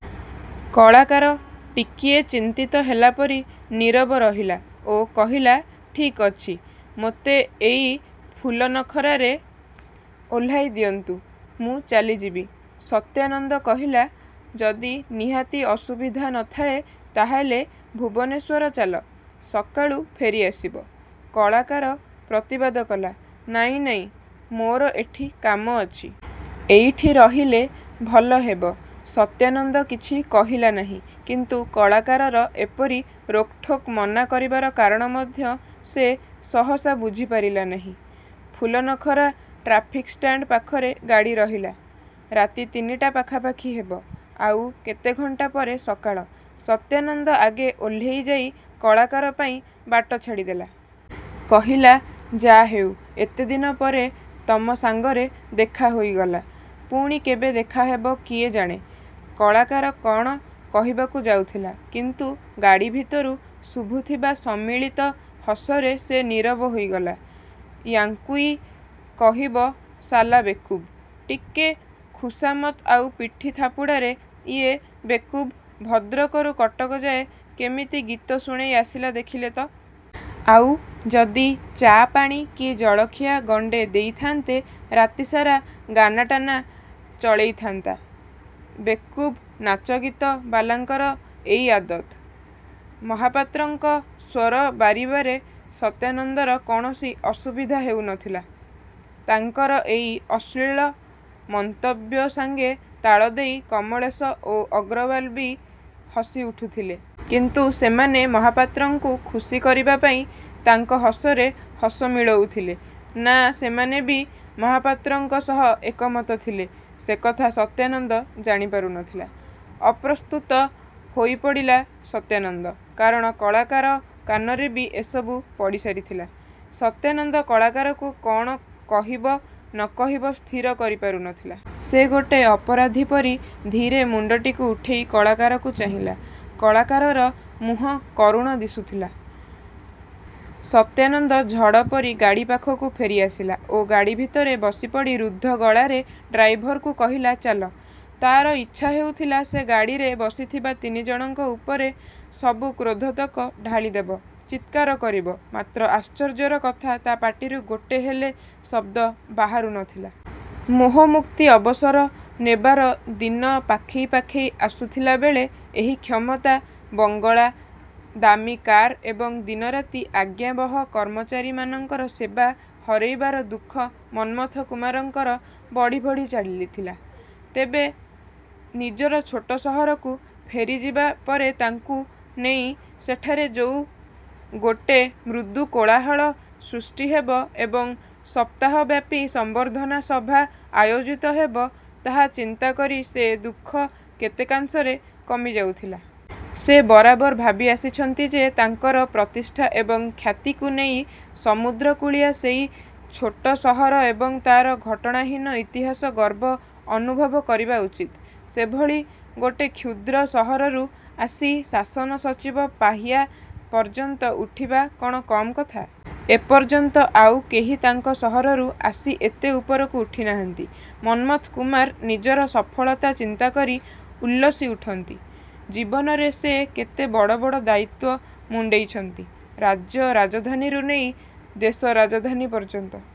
କଳାକାର ଟିକିଏ ଚିନ୍ତିତ ହେଲାପରି ନିରବ ରହିଲା ଓ କହିଲା, "ଠିକ୍ ଅଛି। ମୋତେ ଏଇ ଫୁଲନଖରାରେ ଓହ୍ଲାଇ ଦିଅନ୍ତୁ। ମୁଁ ଚାଲିଯିବି।"ସତ୍ୟାନନ୍ଦ କହିଲା, "ଯଦି ନିହାତି ଅସୁବିଧା ନ ଥାଏ, ତାହେଲେ ଭୁବନେଶ୍ୱର ଚାଲ, ସକାଳୁ ଫେରିଆସିବ।"କଳାକାର ପ୍ରତିବାଦ କଲା, "ନାଇଁ, ନାଇଁ, ମୋର ଏଠି କାମ ଅଛି। ଏଇଠି ରହିଲେ ଭଲହେବ।"ସତ୍ୟାନନ୍ଦ କିଛି କହିଲା ନାହିଁ। କିନ୍ତୁ କଳାକାରର ଏପରି ରୋକଠୋକ୍ ମନା କରିବାର କାରଣ ମଧ୍ୟ ସେ ସହସା ବୁଝିପାରିଲା ନାହିଁ। ଫୁଲନଖରା ଟ୍ରାଫିକ-ଷ୍ଟାଣ୍ଡ ପାଖରେ ଗାଡ଼ି ରହିଲା। ରାତି ତିନିଟା ପାଖାପାଖି ହେବ। ଆଉ କେତେଘଣ୍ଟା ପରେ ସକାଳ। ସତ୍ୟାନନ୍ଦ ଆଗେ ଓହ୍ଲେଇ ଯାଇ କଳାକାର ପାଇଁ ବାଟ ଛାଡ଼ିଦେଲା। କହିଲା, "ଯା' ହେଉ, ଏତେଦିନ ପରେ ତମ ସାଙ୍ଗରେ ଦେଖା ହୋଇଗଲା। ପୁଣି କେବେ ଦେଖା ହେବ କିଏ ଜାଣେ।"କଳାକାର କଣ କହିବାକୁ ଯାଉଥିଲା, କିନ୍ତୁ ଗାଡ଼ି ଭିତରୁ ଶୁଭୁଥିବା ସମ୍ମିଳିତ ହସରେ ସେ ନିରବ ହୋଇଗଲା।"ୟାଙ୍କୁଇ କହିବ ଶାଲା ବେକୁବ। ଟିକେ ଖୁସାମତ ଆଉ ପିଠି ଥାପୁଡ଼ାରେ ଇଏ ବେକୁବ ଭଦ୍ରକରୁ କଟକ ଯାଏ କେମିତି ଗୀତ ଶୁଣେଇ ଆସିଲା ଦେଖିଲେ ତ! ଆଉ ଯଦି ଚା' ପାଣି କି ଜଳଖିଆ ଗଣ୍ଡେ ଦେଇଥାନ୍ତେ ରାତିସାରା ଗାନାଟାନା ଚଳେଇଥାନ୍ତା। ବେକୁବ ନାଚଗୀତ ବାଲାଙ୍କର ଏଇ ଆଦତ୍!"ମହାପାତ୍ରଙ୍କ ସ୍ୱର ବାରିବାରେ ସତ୍ୟାନନ୍ଦର କୌଣସି ଅସୁବିଧା ହେଉ ନଥିଲା। ତାଙ୍କର ଏଇ ଅଶ୍ଳୀଳ ମନ୍ତବ୍ୟ ସାଙ୍ଗେ ତାଳଦେଇ କମଳେଶ ଓ ଅଗ୍ରୱାଲ ବି ହସି ଉଠୁଥିଲେ। କିନ୍ତୁ ସେମାନେ ମହାପାତ୍ରଙ୍କୁ ଖୁସି କରିବା ପାଇଁ ତାଙ୍କ ହସରେ ହସ ମିଳଉଥିଲେ ନା ସେମାନେ ବି ମହାପାତ୍ରଙ୍କ ସହ ଏକମତ ଥିଲେ ସେକଥା ସତ୍ୟାନନ୍ଦ ଜାଣିପାରୁ ନଥିଲା। ଅପ୍ରସ୍ତୁତ ହୋଇପଡ଼ିଲା ସତ୍ୟାନନ୍ଦ, କାରଣ କଳାକାର କାନରେ ବି ଏସବୁ ପଡ଼ିସାରିଥିଲା। ସତ୍ୟାନନ୍ଦ କଳାକାରକୁ କଣ କହିବ ନ କହିବ ସ୍ଥିର କରିପାରୁ ନଥିଲା। ସେ ଗୋଟେ ଅପରାଧୀ ପରି ଧୀରେ ମୁଣ୍ଡଟି ଉଠେଇ କଳାକାରକୁ ଚାହିଁଲା। କଳାକାରର ମୁହଁ କରୁଣ ଦିଶୁଥିଲା। ସତ୍ୟାନନ୍ଦ ଝଡ଼ ପରି ଗାଡ଼ି ପାଖକୁ ଫେରିଆସିଲା ଓ ଗାଡ଼ି ଭିତରେ ବସିପଡ଼ି ରୁଦ୍ଧ ଗଳାରେ ଡ୍ରାଇଭରକୁ କହିଲା, "ଚାଲ।" ତାର ଇଚ୍ଛା ହେଉଥିଲା, ସେ ଗାଡ଼ିରେ ବସିଥିବା ତିନିଜଣଙ୍କ ଉପରେ ସବୁ କ୍ରୋଧତକ ଢାଳିଦେବ, ଚିତ୍କାର କରିବ ମାତ୍ର ଆଶ୍ଚର୍ଯ୍ୟର କଥା, ତା ପାଟିରୁ ଗୋଟେ ହେଲେ ଶବ୍ଦ ବାହାରୁ ନଥିଲା। ମୋହମୁକ୍ତି ଅବସର ନେବାର ଦିନ ପାଖେଇ ପାଖେଇ ଆସୁଥିଲାବେଳେ ଏହି କ୍ଷମତା, ବଙ୍ଗଳା, ଦାମୀ କାର ଏବଂ ଦିନରାତି ଆଜ୍ଞାବହ କର୍ମଚାରୀମାନଙ୍କର ସେବା ହରେଇବାର ଦୁଃଖ ମନ୍ମଥ କୁମାରଙ୍କର ବଢ଼ି ବଢ଼ି ଚାଲିଥିଲା। ତେବେ ନିଜର ଛୋଟ ସହରକୁ ଫେରିଯିବା ପରେ ତାଙ୍କୁ ନେଇ ସେଠାରେ ଯୋଉ ଗୋଟେ ମୃଦୁ କୋଳାହଳ ସୃଷ୍ଟି ହେବ ଏବଂ ସପ୍ତାହବ୍ୟାପି ସମ୍ବର୍ଦ୍ଧନା ସଭା ଆୟୋଜିତ ହେବ, ତାହା ଚିନ୍ତାକରି ସେ ଦୁଃଖ କେତେକାଂଶରେ କମି ଯାଉଥିଲା। ସେ ବରାବର ଭାବି ଆସିଛନ୍ତି ଯେ ତାଙ୍କର ପ୍ରତିଷ୍ଠା ଏବଂ ଖ୍ୟାତିକୁ ନେଇ ସମୁଦ୍ରକୂଳିଆ ସେଇ ଛୋଟ ସହର ଏବଂ ତାର ଘଟଣାହୀନ ଇତିହାସ ଗର୍ବ ଅନୁଭବ କରିବା ଉଚିତ। ସେଭଳି ଗୋଟେ କ୍ଷୁଦ୍ର ସହରରୁ ଆସି ଶାସନସଚିବ ପାହ୍ୟା ପର୍ଯ୍ୟନ୍ତ ଉଠିବା କଣ କମ୍ କଥା! ଏପର୍ଯ୍ୟନ୍ତ ଆଉ କେହି ତାଙ୍କ ସହରରୁ ଆସି ଏତେ ଉପରକୁ ଉଠି ନାହାନ୍ତି। ମନ୍ମଥ କୁମାର ନିଜର ସଫଳତା ଚିନ୍ତା କରି ଉଲ୍ଲସି ଉଠନ୍ତି। ଜୀବନରେ ସେ କେତେ ବଡ଼ ବଡ଼ ଦାୟିତ୍ୱ ମୁଣ୍ଡେଇଛନ୍ତି। ରାଜ୍ୟ ରାଜଧାନୀରୁ ନେଇ ଦେଶ ରାଜଧାନୀ ପର୍ଯ୍ୟନ୍ତ।